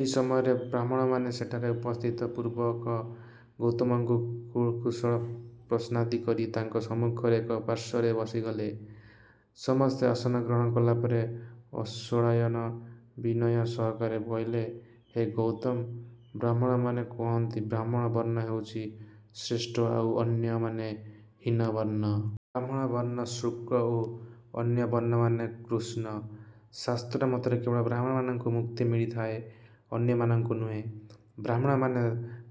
ଏହି ସମୟରେ ବ୍ରାହ୍ମଣମାନେ ସେଠାରେ ଉପସ୍ଥିତ ପୂର୍ବକ ଗୌତମଙ୍କୁ କୁଶଳ ପ୍ରଶ୍ନାଦି କରି ତାଙ୍କ ସମ୍ମୁଖର ଏକ ପାର୍ଶ୍ୱରେ ବସିଗଲେ। ସମସ୍ତେ ଆସନ ଗ୍ରହଣ କଲାପରେ ଅଶ୍ୱଳାୟନ ବିନୟ ସହକାରେ କହିଲେ, ହେ ଗୌତମ! ବ୍ରାହ୍ମଣମାନେ କହନ୍ତି ବ୍ରାହ୍ମଣ ବର୍ଣ୍ଣ ହେଉଛି ଶ୍ରେଷ୍ଠ ଆଉ ଅନ୍ୟମାନେ ହୀନବର୍ଣ୍ଣ। ବ୍ରାହ୍ମଣ ବର୍ଣ୍ଣ ଶୁକ୍ଳ ଓ ଅନ୍ୟ ବର୍ଣ୍ଣମାନେ କୃଷ୍ଣ। ଶାସ୍ତ୍ର ମତରେ କେବଳ ବ୍ରାହ୍ମଣମାନଙ୍କୁ ମୁକ୍ତି ମିଳିଥାଏ, ଅନ୍ୟମାନଙ୍କୁ ନୁହେଁ। ବ୍ରାହ୍ମଣମାନେ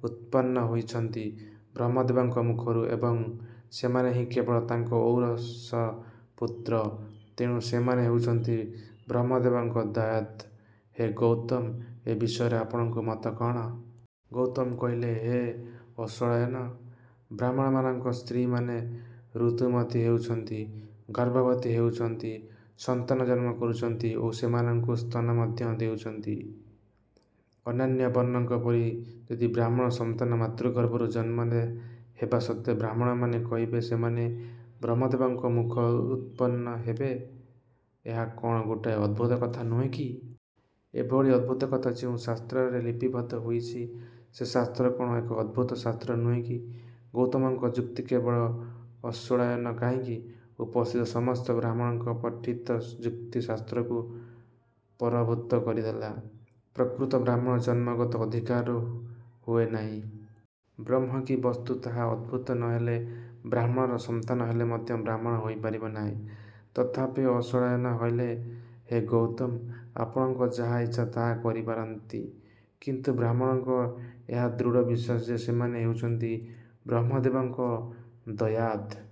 ଉତ୍ପନ୍ନ ହୋଇଛନ୍ତି ବ୍ରହ୍ମଦେବଙ୍କ ମୁଖରୁ ଏବଂ ସେମାନେ ହିଁ କେବଳ ତାଙ୍କ ଔରସ ପୁତ୍ର, ତେଣୁ ସେମାନେ ହେଉଛନ୍ତି ବ୍ରହ୍ମଦେବଙ୍କ ଦାୟାଦ। ହେ ଗୌତମ ଏ ବିଷୟରେ ଆପଣଙ୍କ ମତ କ'ଣ? ଗୌତମ କହିଲେ, ହେ ଅଶ୍ୱଳାୟନ! ବ୍ରାହ୍ମଣମାନଙ୍କ ସ୍ତ୍ରୀମାନେ ଋତୁମତି ହେଉଛନ୍ତି, ଗର୍ଭବତୀ ହେଉଛନ୍ତି, ସନ୍ତାନ ଜନ୍ମ କରୁଛନ୍ତି ଓ ସେମାନଙ୍କୁ ସ୍ତନ୍ୟ ମଧ୍ୟ ଦେଉଛନ୍ତି। ଅନ୍ୟାନ୍ୟ ବର୍ଣ୍ଣଙ୍କ ପରି ଯଦି ବ୍ରାହ୍ମଣ ସନ୍ତାନ ମାତୃଗର୍ଭରୁ ଜନ୍ମ ହେବା ସତ୍ତ୍ୱେ ବ୍ରାହ୍ମଣମାନେ କହିବେ ସେମାନେ ବ୍ରହ୍ମଦେବଙ୍କ ମୁଖରୁ ଉତ୍ପନ୍ନ, ତେବେ ଏହା କଣ ଗୋଟାଏ ଅଦ୍ଭୁତ କଥା ନୁହେଁ କି? ଏହିଭଳି ଅଦ୍ଭୁତକଥା ଯେଉଁ ଶାସ୍ତ୍ରରେ ଲିପିବଦ୍ଧ ହୋଇଛି ସେ ଶାସ୍ତ୍ର କଣ ଏକ ଅଦ୍ଭୁତ ଶାସ୍ତ୍ର ନୁହେଁ କି? ଗୌତମଙ୍କ ଯୁକ୍ତି କେବଳ ଅଶ୍ୱଳାୟନ କାହିଁକି ଉପସ୍ଥିତ ସମସ୍ତ ବ୍ରାହ୍ମଣଙ୍କ ପଠିତ ଯୁକ୍ତି ଶାସ୍ତ୍ରକୁ ପରାଭୂତ କରିଦେଲା। ପ୍ରକୃତ ବ୍ରାହ୍ମଣ ଜନ୍ମଗତ ଅଧିକାରରୁ ହୁଏ ନାହିଁ। ବ୍ରହ୍ମ କି ବସ୍ତୁ ତାହା ଅନୁଭୂତ ନହେଲେ ବ୍ରାହ୍ମଣର ସନ୍ତାନ ହେଲେ ମଧ୍ୟ ବ୍ରାହ୍ମଣ ହୋଇପାରିବ ନାହିଁ। ତଥାପି ଅଶ୍ୱଳାୟନ କହିଲେ, ହେ ଗୌତମ! ଆପଣଙ୍କର ଯାହା ଇଚ୍ଛା ତାହା କହିପାରନ୍ତି କିନ୍ତୁ ବ୍ରାହ୍ମଣଙ୍କର ଏହା ଦୃଢ଼ ବିଶ୍ୱାସ ଯେ ସେମାନେ ହେଉଛନ୍ତି ବ୍ରହ୍ମଦେବଙ୍କ ଦାୟାଦ।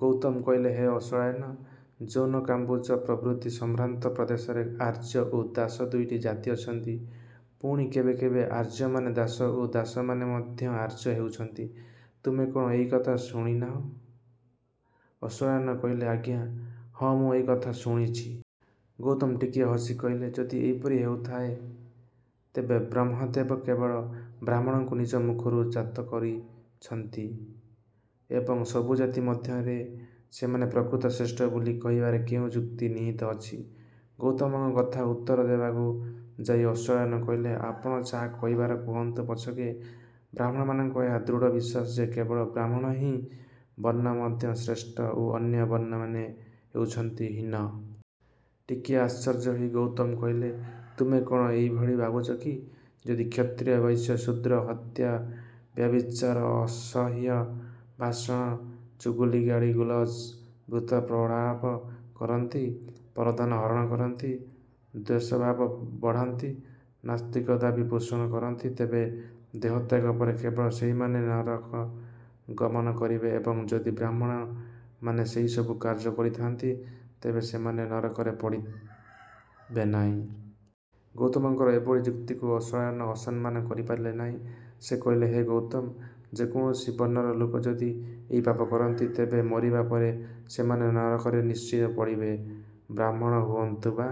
ଗୌତମ କହିଲେ ହେ ଅଶ୍ୱଳାୟନ! ଯୌନ, କାମ୍ୱୋଜ ପ୍ରଭୃତି ସମ୍ଭ୍ରାନ୍ତ ପ୍ରଦେଶରେ ଆର୍ଯ୍ୟ ଓ ଦାସ ଦୁଇଟି ଜାତି ଅଛନ୍ତି। ପୁଣି କେବେ କେବେ ଆର୍ଯ୍ୟମାନେ ଦାସ ଓ ଦାସମାନେ ମଧ୍ୟ ଆର୍ଯ୍ୟ ହେଉଛନ୍ତି। ତୁମେ କଣ ଏହିକଥା ଶୁଣିନାହିଁ? ଅଶ୍ୱଳାୟନ କହିଲେ, ଆଜ୍ଞା ହଁ ମୁଁ ଏହିକଥା ଶୁଣିଛି। ଗୌତମ ଟିକିଏ ହସି କହିଲେ, ଯଦି ଏପରି ହେଊଥାଏ, ତେବେ ବ୍ରହ୍ମଦେବ କେବଳ ବ୍ରାହ୍ମଣଙ୍କୁ ନିଜ ମୁଖରୁ ଜାତ କରାଇଛନ୍ତି ଏବଂ ସବୁ ଜାତି ମଧ୍ୟରେ ସେମାନେ ପ୍ରକୃତ ଶ୍ରେଷ୍ଠ ବୋଲି କହିବାରେ କେଉଁ ଯୁକ୍ତି ନିହିତ ଅଛି? ଗୌତମଙ୍କ କଥାର ଉତ୍ତର ଦେବାକୁ ଯାଇ ଅଶ୍ୱଳାୟନ କହିଲେ, ଆପଣ ଯାହା କହିବାର କୁହନ୍ତୁ ପଛକେ ବ୍ରାହ୍ମଣମାନଙ୍କର ଏହା ଦୃଢ଼ ବିଶ୍ୱାସ ଯେ କେବଳ ବ୍ରାହ୍ମଣହିଁ ବର୍ଣ୍ଣ ମଧ୍ୟରେ ଶ୍ରେଷ୍ଠ ଓ ଅନ୍ୟ ବର୍ଣ୍ଣମାନେ ହେଉଛନ୍ତି ହୀନ। ଟିକିଏ ଆଶ୍ଚର୍ଯ୍ୟ ହୋଇ ଗୌତମ କହିଲେ, ତୁମେ କଣ ଏହିଭଳି ଭାବୁଛ କି-ଯଦି କ୍ଷତ୍ରୀୟ, ବୈଶ୍ୟ, ଶୂଦ୍ର, ହତ୍ୟା, ବ୍ୟଭିଚାର, ଅସତ୍ୟ ଭାଷଣ, ଚୁଗୁଲି ଗାଳି, ଗୁଳଜ ବୃଥାପ୍ରଳାପ କରନ୍ତି, ପରଧନ ହରଣ କରନ୍ତି, ଦ୍ୱେଷଭାବ ବଢ଼ାନ୍ତି, ନାସ୍ତିକତାଦି ପୋଷଣ କରନ୍ତି ତେବେ ଦେହତ୍ୟାଗ ପରେ କେବଳ ସେହିମାନେ ନରକ ଗମନ କରିବେ ଏବଂ ଯଦି ବ୍ରାହ୍ମଣମାନେ ସେହିସବୁ କାର୍ଯ୍ୟ କରିଥାନ୍ତି ତେବେ ସେମାନେ ନରକରେ ପଡ଼ିବେ ନାହିଁ? ଗୌତମଙ୍କର ଏଭଳି ଯୁକ୍ତିକୁ ଅଶ୍ୱଳାୟନ ଅସମ୍ମାନ କରିପାରିଲେ ନାହିଁ। ସେ କହିଲେ, ହେ ଗୌତମ! ଯେ କୌଣସି ବର୍ଣ୍ଣର ଲୋକ ଯଦି ଏହି ପାପ କରନ୍ତି, ତେବେ ମରିବା ପରେ ସେମାନେ ନରକରେ ନିଶ୍ଚୟ ପଡ଼ିବେ। ବ୍ରାହ୍ମଣ ହୁଅନ୍ତୁ ବା